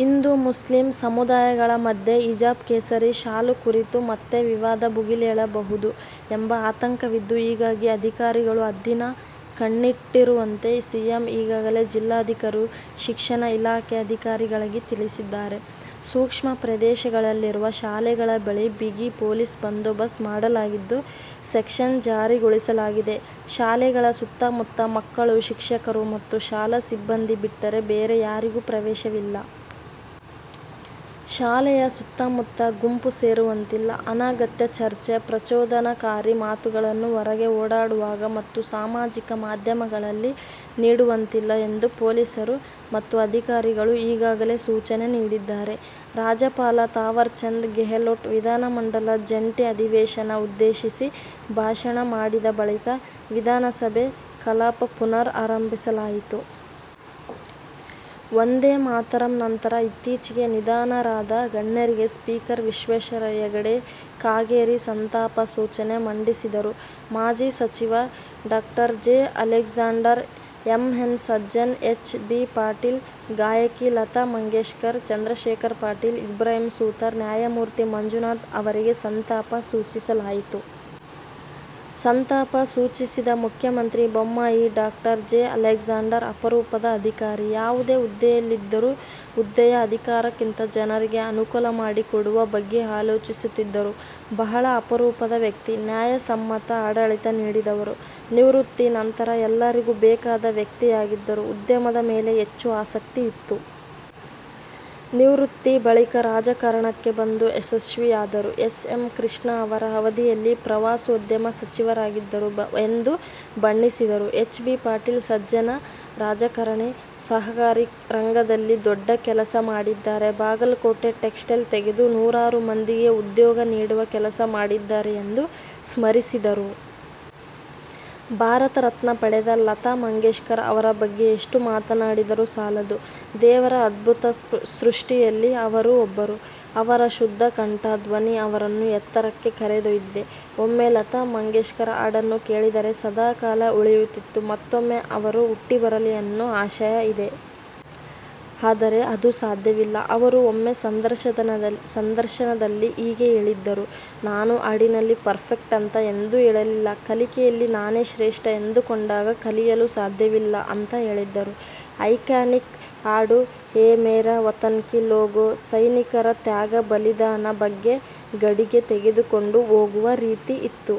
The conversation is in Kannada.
ಹಿಂದೂ-ಮುಸ್ಲಿಂ ಸಮುದಾಯಗಳ ಮಧ್ಯೆ ಹಿಜಾಬ್-ಕೇಸರಿ ಶಾಲು ಕುರಿತು ಮತ್ತೆ ವಿವಾದ ಭುಗಿಲೇಳಬಹುದು ಎಂಬ ಆತಂಕವಿದ್ದು ಹೀಗಾಗಿ ಅಧಿಕಾರಿಗಳು ಹದ್ದಿನ ಕಣ್ಣಿಟ್ಟಿರುವಂತೆ ಸಿಎಂ ಈಗಾಗಲೇ ಜಿಲ್ಲಾಧಿಕಾರಿಗಳು, ಶಿಕ್ಷಣ ಇಲಾಖೆ ಅಧಿಕಾರಿಗಳಿಗೆ ತಿಳಿಸಿದ್ದಾರೆ. ಸೂಕ್ಷ್ಮ ಪ್ರದೇಶಗಳಲ್ಲಿರುವ ಶಾಲೆಗಳ ಬಳಿ ಬಿಗಿ ಪೊಲೀಸ್ ಬಂದೋಬಸ್ತ್ ಮಾಡಲಾಗಿದ್ದು, ಸೆಕ್ಷನ್ ಜಾರಿಗೊಳಿಸಲಾಗಿದೆ. ಶಾಲೆಗಳ ಸುತ್ತಮುತ್ತ ಮಕ್ಕಳು, ಶಿಕ್ಷಕರು ಮತ್ತು ಶಾಲಾ ಸಿಬ್ಬಂದಿ ಬಿಟ್ಟರೆ ಬೇರೆ ಯಾರಿಗೂ ಪ್ರವೇಶವಿಲ್ಲ. ಶಾಲೆಯ ಸುತ್ತಮುತ್ತ ಗುಂಪು ಸೇರುವಂತಿಲ್ಲ. ಅನಗತ್ಯ ಚರ್ಚೆ, ಪ್ರಚೋದನಾಕಾರಿ ಮಾತುಗಳನ್ನು ಹೊರಗೆ ಓಡಾಡುವಾಗ ಮತ್ತು ಸಾಮಾಜಿಕ ಮಾಧ್ಯಮಗಳಲ್ಲಿ ನೀಡುವಂತಿಲ್ಲ ಎಂದು ಪೊಲೀಸರು ಮತ್ತು ಅಧಿಕಾರಿಗಳು ಈಗಾಗಲೇ ಸೂಚನೆ ನೀಡಿದ್ದಾರೆ. ರಾಜ್ಯಪಾಲ ಥಾವರ್ ಚಂದ್ ಗೆಹ್ಲೋಟ್ ವಿಧಾನಮಂಡಲ ಜಂಟಿ ಅಧಿವೇಶನ ಉದ್ದೇಶಿಸಿ ಭಾಷಣ ಮಾಡಿದ ಬಳಿಕ ವಿಧಾನಸಭೆ ಕಲಾಪ ಪುನರ್ ಆರಂಭಿಸಲಾಯಿತು. ವಂದೇ ಮಾತರಂ ನಂತರ ಇತ್ತೀಚೆಗೆ ನಿಧನರಾದ ಗಣ್ಯರಿಗೆ ಸ್ಪೀಕರ್ ವಿಶ್ವೇಶ್ವರ ಹೆಗಡೆ ಕಾಗೇರಿ ಸಂತಾಪ ಸೂಚನೆ ಮಂಡಿಸಿದರು. ಮಾಜಿ ಸಚಿವ ಡಾ. J. Alexander, M N Sajjan, H. B Patil, ಗಾಯಕಿ ಲತಾ ಮಂಗೇಶ್ಕರ್, ಚಂದ್ರಶೇಖರ್ ಪಾಟೀಲ್, ಇಬ್ರಾಹಿಂ ಸುತಾರ್, ನ್ಯಾಯಮೂರ್ತಿ ಮಂಜುನಾಥ್ ಅವರಿಗೆ ಸಂತಾಪ ಸೂಚಿಸಲಾಯಿತು. ಸಂತಾಪ ಸೂಚಿಸಿದ ಮುಖ್ಯಮಂತ್ರಿ ಬೊಮ್ಮಾಯಿ ಡಾ. ಜೆ ಅಲೆಗ್ಸಾಂಡರ್ ಅಪರೂಪದ ಅಧಿಕಾರಿ. ಯಾವುದೇ ಹುದ್ದೆಯಲ್ಲಿದ್ರೂ, ಹುದ್ದೆಯ ಅಧಿಕಾರಕ್ಕಿಂತ, ಜನರಿಗೆ ಅನುಕೂಲ ಮಾಡಿಕೊಡುವ ಬಗ್ಗೆ ಅಲೋಚಿಸುತ್ತಿದ್ದರು. ಬಹಳ ಅಪರೂಪದ ವ್ಯಕ್ತಿ. ನ್ಯಾಯಸಮ್ಮತ ಆಡಳಿತ ನೀಡಿದವರು. ನಿವೃತ್ತಿ ನಂತರ ಎಲ್ಲರಿಗೂ ಬೇಕಾದ ವ್ಯಕ್ತಿಯಾಗಿದ್ದರು. ಉದ್ಯಮದ ಮೇಲೆ ಹೆಚ್ಚು ಆಸಕ್ತಿ ಇತ್ತು. ನಿವೃತ್ತಿ ಬಳಿಕ ರಾಜಕಾರಣಕ್ಕೆ ಬಂದು ಯಶಸ್ವಿಯಾದರು. ಎಸ್. ಎಂ. ಕೃಷ್ಣಾ ಅವರ ಅವಧಿಯಲ್ಲಿ ಪ್ರವಾಸೋದ್ಯಮ ಸಚಿವರಾಗಿದ್ದರು ಎಂದು ಬಣ್ಣಿಸಿದರು. ಹೆಚ್. ಬಿ ಪಾಟೀಲ್ ಸಜ್ಜನ ರಾಜಕಾರಣಿ. ಸಹಕಾರಿ ರಂಗದಲ್ಲಿ ದೊಡ್ಡ ಕೆಲಸ ಮಾಡಿದ್ದಾರೆ. ಬಾಗಲಕೋಟೆ ಟೆಕ್ಸ್ಟೈಲ್ ತೆಗೆದು ನೂರಾರು ಮಂದಿಗೆ ಉದ್ಯೋಗ ನೀಡುವ ಕೆಲಸ ಮಾಡಿದ್ದಾರೆ ಎಂದು ಸ್ಮರಿಸಿದರು. ಭಾರತ ರತ್ನ ಪಡೆದ ಲತಾ ಮಂಗೇಶ್ಕರ್ ಅವರ ಬಗ್ಗೆ ಎಷ್ಟು ಮಾತನಾಡಿದರು ಸಾಲದು. ದೇವರ ಅದ್ಭುತ ಸೃಷ್ಟಿಯಲ್ಲಿ ಅವರು ಒಬ್ಬರು. ಅವರ ಶುದ್ಧ ಕಂಠ, ಧ್ವನಿ ಅವರನ್ನ ಎತ್ತರಕ್ಕೆ ಕರೆದೊಯ್ದಿದೆ. ಒಮ್ಮೆ, ಲತಾ ಮಂಗೇಶ್ಕರ್ ಹಾಡನ್ನು ಕೇಳಿದರೆ ಸದಾಕಾಲ ಉಳಿಯುತ್ತಿತ್ತು. ಮತ್ತೊಮ್ಮೆ ಅವರು ಹುಟ್ಟಿಬರಲಿ ಅನ್ನೋ ಆಶಯ ಇದೆ. ಆದರೆ, ಅದು ಸಾಧ್ಯವಿಲ್ಲ. ಅವರು ಒಮ್ಮೆ, ಸಂದರ್ಶನದಲ್ಲಿ ಹೀಗೆ ಹೇಳಿದ್ದರು, ನಾನು ಹಾಡಿನಲ್ಲಿ ಪರ್ಫೆಕ್ಟ್ ಅಂತ ಎಂದೂ ಹೇಳಲಿಲ್ಲ. ಕಲಿಕೆಯಲ್ಲಿ ನಾನೇ ಶ್ರೇಷ್ಠ ಎಂದುಕೊಂಡಾಗ, ಕಲಿಯಲು ಸಾಧ್ಯವಿಲ್ಲ ಅಂತ ಹೇಳಿದ್ದರು. ಐಕಾನಿಕ್ ಹಾಡು ಎ ಮೇರೆ ವತನ್ಕಿ ಲೋಗೋ.. ಸೈನಿಕರ ತ್ಯಾಗ ಬಲಿದಾನ ಬಗ್ಗೆ ಗಡಿಗೆ ತೆಗೆದುಕೊಂಡು ಹೋಗುವ ರೀತಿ ಇತ್ತು.